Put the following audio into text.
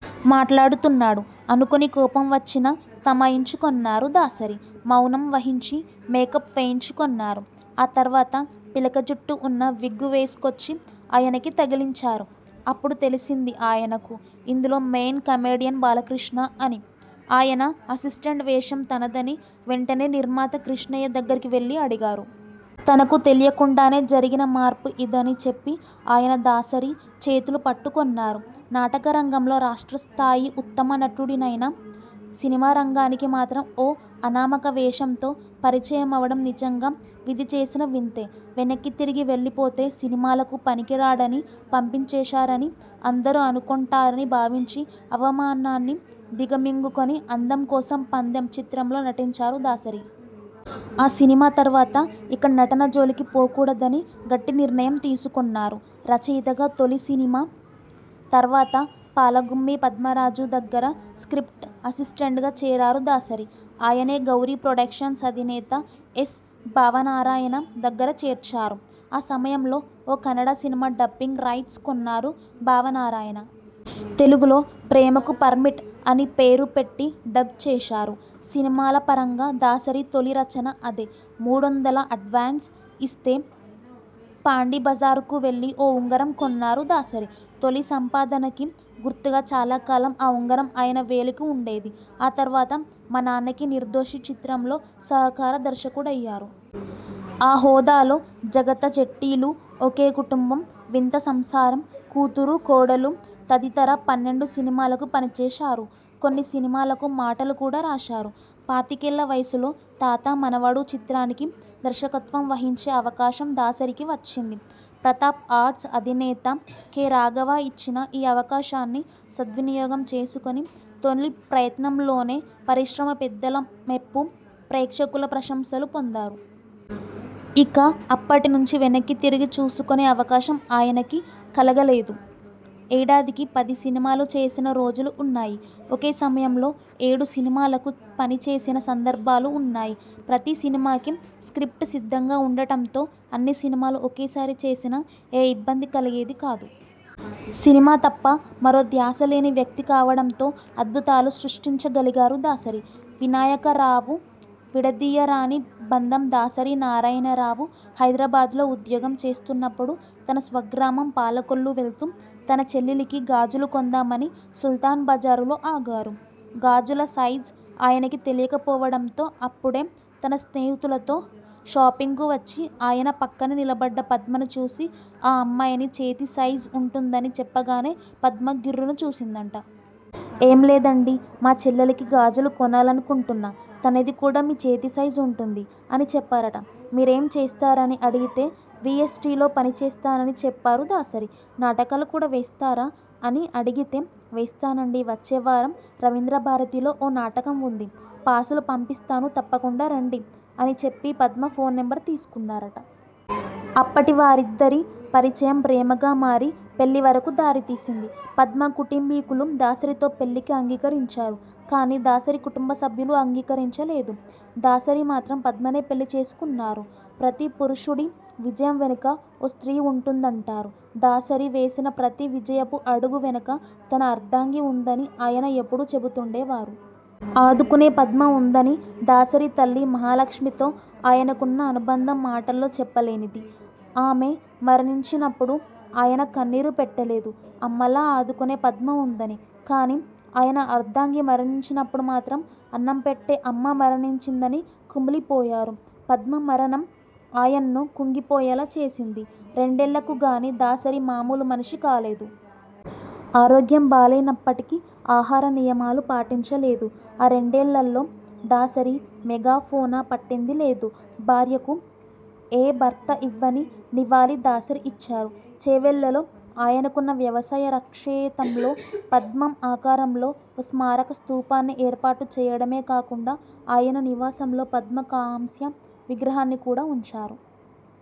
మాట్లాడుతున్నాడు?.. అనుకుని కోపం వచ్చినా తమాయించుకొన్నారు దాసరి. మౌనం వహించి మేకప్ వేయించుకొన్నారు. ఆ తర్వాత పిలకజుట్టు ఉన్న విగ్గు వేసుకొచ్చి ఆయనకి తగిలించారు. అప్పుడు తెలిసింది ఆయనకు.. ఇందులో మెయిన్ కమెడియన్ బాలకృష్ణ అనీ, ఆయన అసిస్టెంట్ వేషం తనదనీ. వెంటనే నిర్మాత కృష్ణయ్య దగ్గరికి వెళ్లి అడిగారు. తనకు తెలియకుండానే జరిగిన మార్పు ఇదని చెప్పి ఆయన దాసరి చేతులు పట్టుకొన్నారు. నాటకరంగంలో రాష్ట్ర స్థాయి ఉత్తమ నటుడినైనా సినిరంగానికి మాత్రం ఓ అనామక వేషంతో పరిచయమవడం నిజంగా విధి చేసిన వింతే. వెనక్కి తిరిగి వెళ్లిపోతే 'సినిమాలకు పనికిరాడని పంపించేశారని' అందరూ అనుకొంటారని భావించి, అవమానాన్ని దిగమింగుకొని 'అందం కోసం పందెం' చిత్రంలో నటించారు దాసరి. ఆ సినిమా తర్వాత ఇక నటన జోలికి పోకూడదని గట్టి నిర్ణయం తీసుకొన్నారు. రచయితగా తొలి సినిమాఆ తర్వాత పాలగుమ్మి పద్మరాజు దగ్గర స్ర్కిప్ట్ అసిస్టెంట్గా చేరారు దాసరి. ఆయనే గౌరీ ప్రొడక్షన్స్ అధినేత ఎస్. భావనారాయణ దగ్గర చేర్చారు. ఆ సమయంలో ఓ కన్నడ సినిమా డబ్బింగ్ రైట్స్ కొన్నారు భావనారాయణ. తెలుగులో 'ప్రేమకు పర్మిట్' అని పేరు పెట్టి డబ్ చేశారు. సినిమాలపరంగా దాసరి తొలి రచన అదే. మూడొందలు అడ్వాన్స్ ఇస్తే పాండీబజార్కు వెళ్లి ఓ ఉంగరం కొన్నారు దాసరి. తొలి సంపాదనకి గుర్తుగా చాలాకాలం ఆ ఉంగరం ఆయన వేలుకి ఉండేది. ఆ తర్వాత 'మా నాన్నకి నిర్దోషి' చిత్రంతో సహకార దర్శకుడయ్యారు. ఆ హోదాలో 'జగత జెట్టీలు', 'ఒకే కుటుంబం', 'వింత సంసారం', 'కూతురు కోడలు' తదితర పన్నెండు సినిమాలకు పనిచేశారు. కొన్ని సినిమాలకు మాటలు కూడా రాశారు. పాతికేళ్ల వయసులో 'తాత-మనవడు' చిత్రానికి దర్శకత్వం వహించే అవకాశం దాసరికి వచ్చింది. ప్రతాప్ ఆర్ట్స్ అధినేత కె. రాఘవ ఇచ్చిన ఈ అవకాశాన్ని సద్వినియోగం చేసుకొని, తొలి ప్రయత్నంలోనే పరిశ్రమ పెద్దల మెప్పు, ప్రేక్షకుల ప్రశంసలు పొందారు. ఇక అప్పటి నుంచి వెనక్కి తిరిగి చూసుకొనే అవకాశం ఆయనకి కలగలేదు. ఏడాదికి పది సినిమాలు చేసిన రోజులు ఉన్నాయి. ఒకే సమయంలో ఏడు సినిమాలకు పని చేసిన సందర్భాలూ ఉన్నాయి. ప్రతి సినిమాకీ స్ర్కిప్ట్ సిద్ధంగా ఉండటంతో అన్ని సినిమాలు ఒకేసారి చేసినా ఏ ఇబ్బంది కలిగేది కాదు. సినిమా తప్ప మరో ధ్యాస లేని వ్యక్తి కావడంతో అద్భుతాలు సృష్టించగలిగారు దాసరి. వినాయకరావువిడదీయరాని బంధందాసరి నారాయణరావు హైదరాబాద్లో ఉద్యోగం చేస్తున్నప్పుడు తన స్వగ్రామం పాలకొల్లు వెళ్తు తన చెల్లెలికి గాజులు కొందామని సుల్తాన్ బజారులో ఆగారు. గాజుల సైజ్ ఆయనకు తెలియకపోవడంతో అప్పుడే తన స్నేహితులతో షాపింగ్కు వచ్చి ఆయన పక్కనే నిలబడ్డ పద్మను చూసి 'ఆ అమ్మాయి చేతి సైజ్' ఉంటుందని చెప్పగానే పద్మ గిర్రును చూసిందట. 'ఏం లేదండీ మా చెల్లెలికి గాజులు కొనాలనుకుంటున్నా. తనది కూడా మీ చేతి సైజ్ ఉంటుంది' అని చెప్పారట. మీరేం చేస్తారని అడిగితే విఎస్టీలో పనిచేస్తానని చెప్పారు దాసరి. నాటకాలు కూడా వేస్తారా? అని అడిగితే.. 'వేస్తానండీ వచ్చేవారం రవీంద్రభారతిలో ఓ నాటకం ఉంది. పాసులు పంపిస్తాను తప్పకుండా రండి' అని చెప్పి పద్మ ఫోన్ నంబర్ తీసుకున్నారట. అప్పటి వారిద్దరి పరిచయం ప్రేమగా మారి పెళ్లి వరకూ దారితీసింది. పద్మ కుటుంబీకులు దాసరితో పెళ్లికి అంగీకరించారు కానీ దాసరి కుటుంబ సభ్యులు అంగీకరించలేదు. దాసరి మాత్రం పద్మనే పెళ్లి చేసుకున్నారు. ప్రతి పురుషుడి విజయం వెనుక ఓ స్త్రీ ఉంటుందంటారు. దాసరి వేసిన ప్రతి విజయపు అడుగు వెనుక తన అర్ధాంగి ఉందని ఆయన ఎప్పడూ చెబుతుండేవారు. ఆదుకునే పద్మ ఉందని.. దాసరి తల్లి మహాలక్ష్మితో ఆయనకున్న అనుబంధం మాటల్లో చెప్పలేనిది. ఆమె మరణించినప్పుడు ఆయన కన్నీరు పెట్టలేదు. అమ్మలా ఆదుకునే పద్మ ఉందని. కానీ ఆయన అర్ధాంగి మరణించినప్పుడు మాత్రం అన్నం పెట్టే అమ్మ మరణించిందని కుమిలిపోయారు. పద్మ మరణం ఆయన్ను కుంగిపోయేలా చేసింది, రెండేళ్లకు గానీ దాసరి మామూలు మనిషి కాలేదు. ఆరోగ్యం బాలేనప్పటికీ ఆహార నియమాలు పాటించలేదు. ఆ రెండేళ్లల్లో దాసరి మెగా ఫోన పట్టింది లేదు. భార్యకు ఏ భర్త ఇవ్వని నివాళి దాసరి ఇచ్చారు. చేవెళ్లలో ఆయనకున్న వ్యవసాయ రక్షేతంలో పద్మం ఆకారంలో ఓ స్మారక స్తూపాన్ని ఏర్పాటు చెయ్యడమే కాకుండా ఆయన నివాసంలో పద్మ కాంస్య విగ్రహాన్ని కూడా ఉంచారు.